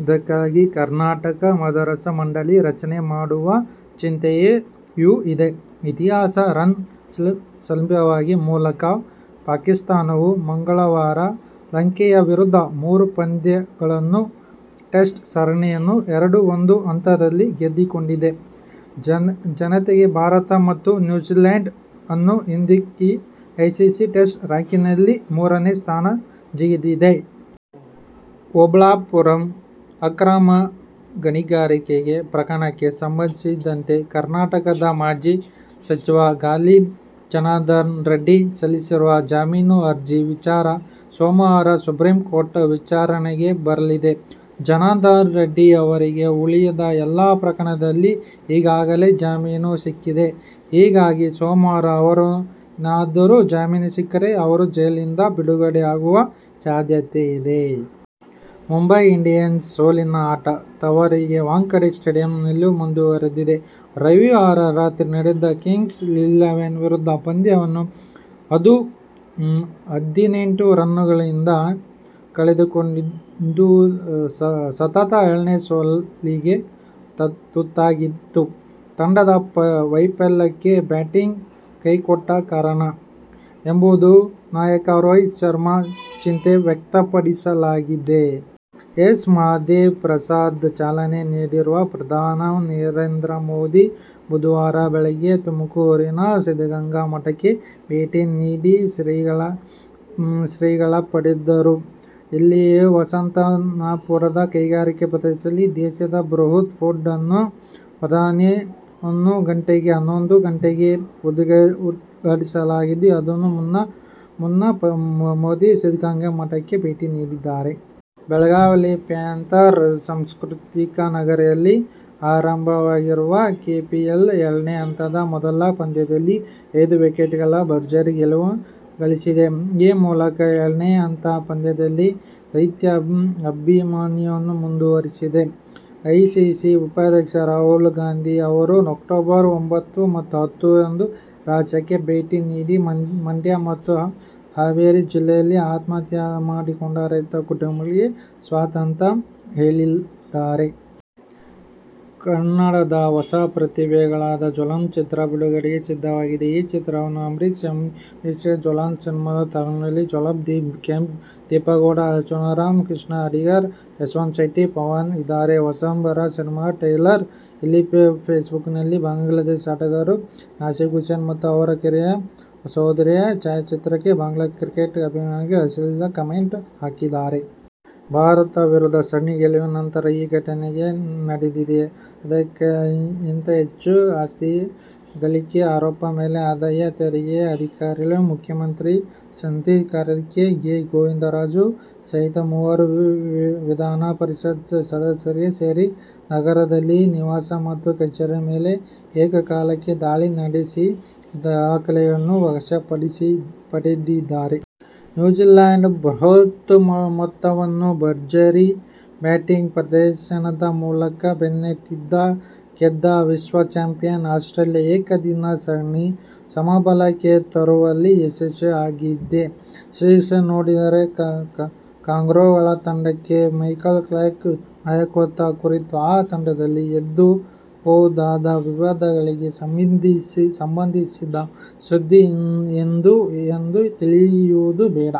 ಇದಕ್ಕಾಗಿ ಕರ್ನಾಟಕ ಮದರಸಾ ಮಂಡಳಿ ರಚನೆ ಮಾಡುವ ಚಿಂತನೆಯೂ ಇದೆ. ಐತಿಹಾಸಿಕ ರನ್ ಚೇಸ್ನಲ್ಲಿ ಸಫಲವಾಗುವ ಮೂಲಕ ಪಾಕಿಸ್ಥಾನವು ಮಂಗಳವಾರ ಲಂಕೆಯ ವಿರುದ್ಧದ ಮೂರು ಪಂದ್ಯಗಳ ಟೆಸ್ಟ್ ಸರಣಿಯನ್ನು ಎರಡು-ಒಂದು ಅಂತರದಲ್ಲಿ ಗೆದ್ದುಕೊಂಡಿದೆ. ಜತೆಗೆ ಭಾರತ ಮತ್ತು ನ್ಯೂಜೀಲ್ಯಾಂಡ್ ಅನ್ನು ಹಿಂದಿಕ್ಕಿ ಐಸಿಸಿ ಟೆಸ್ಟ್ ರಾಂಕಿಂಗ್ನಲ್ಲಿ ಮೂರನೇ ಸ್ಥಾನಕ್ಕೆ ಜಿಗಿದಿದೆ. ಓಬಳಾಪುರಂ ಅಕ್ರಮ ಗಣಿಗಾರಿಕೆ ಪ್ರಕರಣಕ್ಕೆ ಸಂಬಂಧಿಸಿದಂತೆ ಕರ್ನಾಟಕದ ಮಾಜಿ ಸಚಿವ ಗಾಲಿ ಜನಾರ್ದನ ರೆಡ್ಡಿ ಸಲ್ಲಿಸಿರುವ ಜಾಮೀನು ಅರ್ಜಿಯ ವಿಚಾರಣೆ ಸೋಮವಾರ ಸುಪ್ರೀಂಕೋರ್ಟ್ನಲ್ಲಿ ವಿಚಾರಣೆಗೆ ಬರಲಿದೆ. ಜನಾರ್ದನ ರೆಡ್ಡಿ ಅವರಿಗೆ ಉಳಿದ ಎಲ್ಲ ಪ್ರಕರಣಗಳಲ್ಲಿ ಈಗಾಗಲೇ ಜಾಮೀನು ಸಿಕ್ಕಿದೆ. ಹೀಗಾಗಿ ಸೋಮವಾರ ಅವರಿಗೇನಾದರೂ ಜಾಮೀನು ಸಿಕ್ಕರೆ ಅವರು ಜೈಲಿನಿಂದ ಬಿಡುಗಡೆಯಾಗುವ ಸಾಧ್ಯತೆ ಇದೆ. ಮುಂಬೈ ಇಂಡಿಯನ್ಸ್ನ ಸೋಲಿನ ಆಟ ತವರಿನ ವಾಂಖೇಡೆ ಸ್ಟೇಡಿಯಂನಲ್ಲೂ ಮುಂದುವರಿದಿದೆ. ರವಿವಾರ ರಾತ್ರಿ ನಡೆದ ಕಿಂಗ್ಸ್ ಇಲೆವೆನ್ ವಿರುದ್ಧದ ಪಂದ್ಯವನ್ನು ಅದು ಹದಿನೆಂಟು ರನ್ನುಗಳಿಂದ ಕಳೆದುಕೊಂಡು ಸತತ ಎರಡನೇ ಸೋಲಿಗೆ ತುತ್ತಾಯಿತು. ತಂಡದ ವೈಫಲ್ಯಕ್ಕೆ ಬ್ಯಾಟಿಂಗ್ ಕೈಕೊಟ್ಟದ್ದೇ ಕಾರಣ ಎಂಬುದಾಗಿ ನಾಯಕ ರೋಹಿತ್ ಶರ್ಮ ಚಿಂತೆ ವ್ಯಕ್ತಪಡಿಸಿದ್ದಾರೆ. ಎಸ್. ಮಹದೇ ವಪ್ರಸಾದ್ ಚಾಲನೆ ನೀಡಿದರು. ಪ್ರಧಾನಿ ನರೇಂದ್ರ ಮೋದಿ ಬುಧವಾರ ಬೆಳಿಗ್ಗೆ ತುಮಕೂರಿನ ಸಿದ್ಧಗಂಗಾ ಮಠಕ್ಕೆ ಭೇಟಿ ನೀಡಿ ಶ್ರೀಗಳ ಪಡೆದರು. ಇಲ್ಲಿನ ವಸಂತನರಸಾಪುರದ ಕೈಗಾರಿಕಾ ಪ್ರದೇಶದಲ್ಲಿನ ದೇಶದ ಬೃಹತ್ ಫುಡ್ ಅನ್ನು ಪ್ರಧಾನಿ ಹನ್ನೊಂದು ಗಂಟೆಗೆ ಉದ್ಘಾಟಿಸಲಿದ್ದಾರೆ. ಅದಕ್ಕೂ ಮುನ್ನ ಮೋದಿ ಸಿದ್ದಗಂಗಾ ಮಠಕ್ಕೆ ಭೇಟಿ ನೀಡಿದರು. ಬೆಳಗಾವಿ ಪ್ಯಾಂಥರ್ ಸಾಂಸ್ಕೃತಿಕ ನಗರಿಯಲ್ಲಿ ಆರಂಭವಾಗಿರುವ ಕೆಪಿಎಲ್ನ ಎರಡನೇ ಹಂತದ ಮೊದಲ ಪಂದ್ಯದಲ್ಲಿ ಐದು ವಿಕೆಟ್ಗಳ ಭರ್ಜರಿ ಗೆಲುವು ಗಳಿಸಿದೆ. ಈ ಮೂಲಕ ಎರಡನೇ ಹಂತದ ಪಂದ್ಯದಲ್ಲಿ ದೈತ್ಯ ಅಭಿಯಾನವನ್ನು ಮುಂದುವರಿಸಿದೆ. ಎಐಸಿಸಿ ಉಪಾಧ್ಯಕ್ಷ ರಾಹುಲ್ ಗಾಂಧಿ ಅವರು ಅಕ್ಟೋಬರ್ ಒಂಬತ್ತು ಮತ್ತು ಹತ್ತು ರಂದು ರಾಜ್ಯಕ್ಕೆ ಭೇಟಿ ನೀಡಿ ಮಂಡ್ಯ ಮತ್ತು ಹಾವೇರಿ ಜಿಲ್ಲೆಗಳಲ್ಲಿ ಆತ್ಮಹತ್ಯೆ ಮಾಡಿಕೊಂಡ ರೈತ ಕುಟುಂಬಗಳಿಗೆ ಸಾಂತ್ವನ ಹೇಳಲಿದ್ದಾರೆ. ಕನ್ನಡದ ಹೊಸ ಪ್ರತಿಭೆಗಳ ಜ್ವಲಂತಂ ಚಿತ್ರ ಬಿಡುಗಡೆಗೆ ಸಿದ್ಧವಾಗಿದೆ. ಈ ಚಿತ್ರವನ್ನು ಅಂಬರೀಶ್ ಬಿಎಂ ನಿರ್ದೇಶಿಸಿದ್ದಾರೆ. ಜ್ವಲಂತಂ ಸಿನಿಮಾದ ತಾರಾಗಣದಲ್ಲಿ ಜ್ವಾಲಾ, ದೀಪ್ತಿ ಕಾಪ್ಸೆ, ದೀಪಾ ಗೌಡ, ಅಚ್ಯುತ್ ರಾವ್, ಕೃಷ್ಣಾ ಅಡಿಗಾ, ಯಶವಂತ್ ಶೆಟ್ಟಿ, ಪವನ್ ಇದ್ದಾರೆ. ಹೊಸಬರ ಸಿನಿಮಾದ ಟ್ರೈಲರ್ ಇಲ್ಲಿದೆಫೇಸ್ಬುಕ್ನಲ್ಲಿ ಬಾಂಗ್ಲಾದೇಶ ಆಟಗಾರ ನಾಸೀರ್ ಹುಸೇನ್ ಮತ್ತು ಅವರ ಕಿರಿಯ ಸಹೋದರಿಯ ಛಾಯಾಚಿತ್ರಕ್ಕೆ ಬಾಂಗ್ಲಾ ಕ್ರಿಕೆಟ್ ಅಭಿಮಾನಿಗಳು ಅಶ್ಲೀಲ ಕಮೆಂಟ್ ಹಾಕಿದ್ದಾರೆ. ಭಾರತದ ವಿರುದ್ಧ ಸರಣಿ ಗೆಲುವಿನ ಅನಂತರ ಈ ಘಟನೆ ನಡೆದಿದೆ. ಆದಾಯಕ್ಕಿಂತ ಹೆಚ್ಚು ಆಸ್ತಿ ಗಳಿಕೆ ಆರೋಪದ ಮೇಲೆ ಆದಾಯ ತೆರಿಗೆ ಅಧಿಕಾರಿಗಳು ಮುಖ್ಯಮಂತ್ರಿಗಳ ಸಂಸದೀಯ ಕಾರ್ಯದರ್ಶಿ ಕೆ. ಗೋವಿಂದರಾಜು ಸಹಿತ ಮೂವರು ವಿಧಾನ ಪರಿಷತ್ ಸದಸ್ಯರಿಗೆ ಸೇರಿದ ನಗರದಲ್ಲಿನ ನಿವಾಸ ಮತ್ತು ಕಚೇರಿಗಳ ಮೇಲೆ ಏಕಕಾಲಕ್ಕೆ ದಾಳಿ ನಡೆಸಿ ದಾಖಲೆಗಳನ್ನು ವಶಕ್ಕೆ ಪಡೆದಿದ್ದಾರೆ. ನ್ಯೂಜಿಲ್ಯಾಂಡಿನ ಬೃಹತ್ ಮೊತ್ತವನ್ನು ಭರ್ಜರಿ ಬ್ಯಾಟಿಂಗ್ ಪ್ರದರ್ಶನದ ಮೂಲಕ ಬೆನ್ನಟ್ಟಿ ಗೆದ್ದ ವಿಶ್ವ ಚಾಂಪಿಯನ್ ಆಸ್ಟ್ರೇಲಿಯ ಏಕದಿನ ಸರಣಿಯನ್ನು ಸಮಬಲಕ್ಕೆ ತರುವಲ್ಲಿ ಯಶಸ್ವಿಯಾಗಿದೆ. ಶೀರ್ಷಿಕೆ ನೋಡಿ ಕಾಂಗರೂಗಳ ತಂಡಕ್ಕೆ ಮೈಕೆಲ್ ಕ್ಲಾರ್ಕ್ ನಾಯಕತ್ವದ ಕುರಿತು ಆ ತಂಡದಲ್ಲಿ ಎದ್ದಿರಬಹುದಾದ ವಿವಾದಗಳಿಗೆ ಸಂಬಂಧಿಸಿದ ಸುದ್ದಿಯಿದು ಎಂದು ತಿಳಿಯುವುದು ಬೇಡ.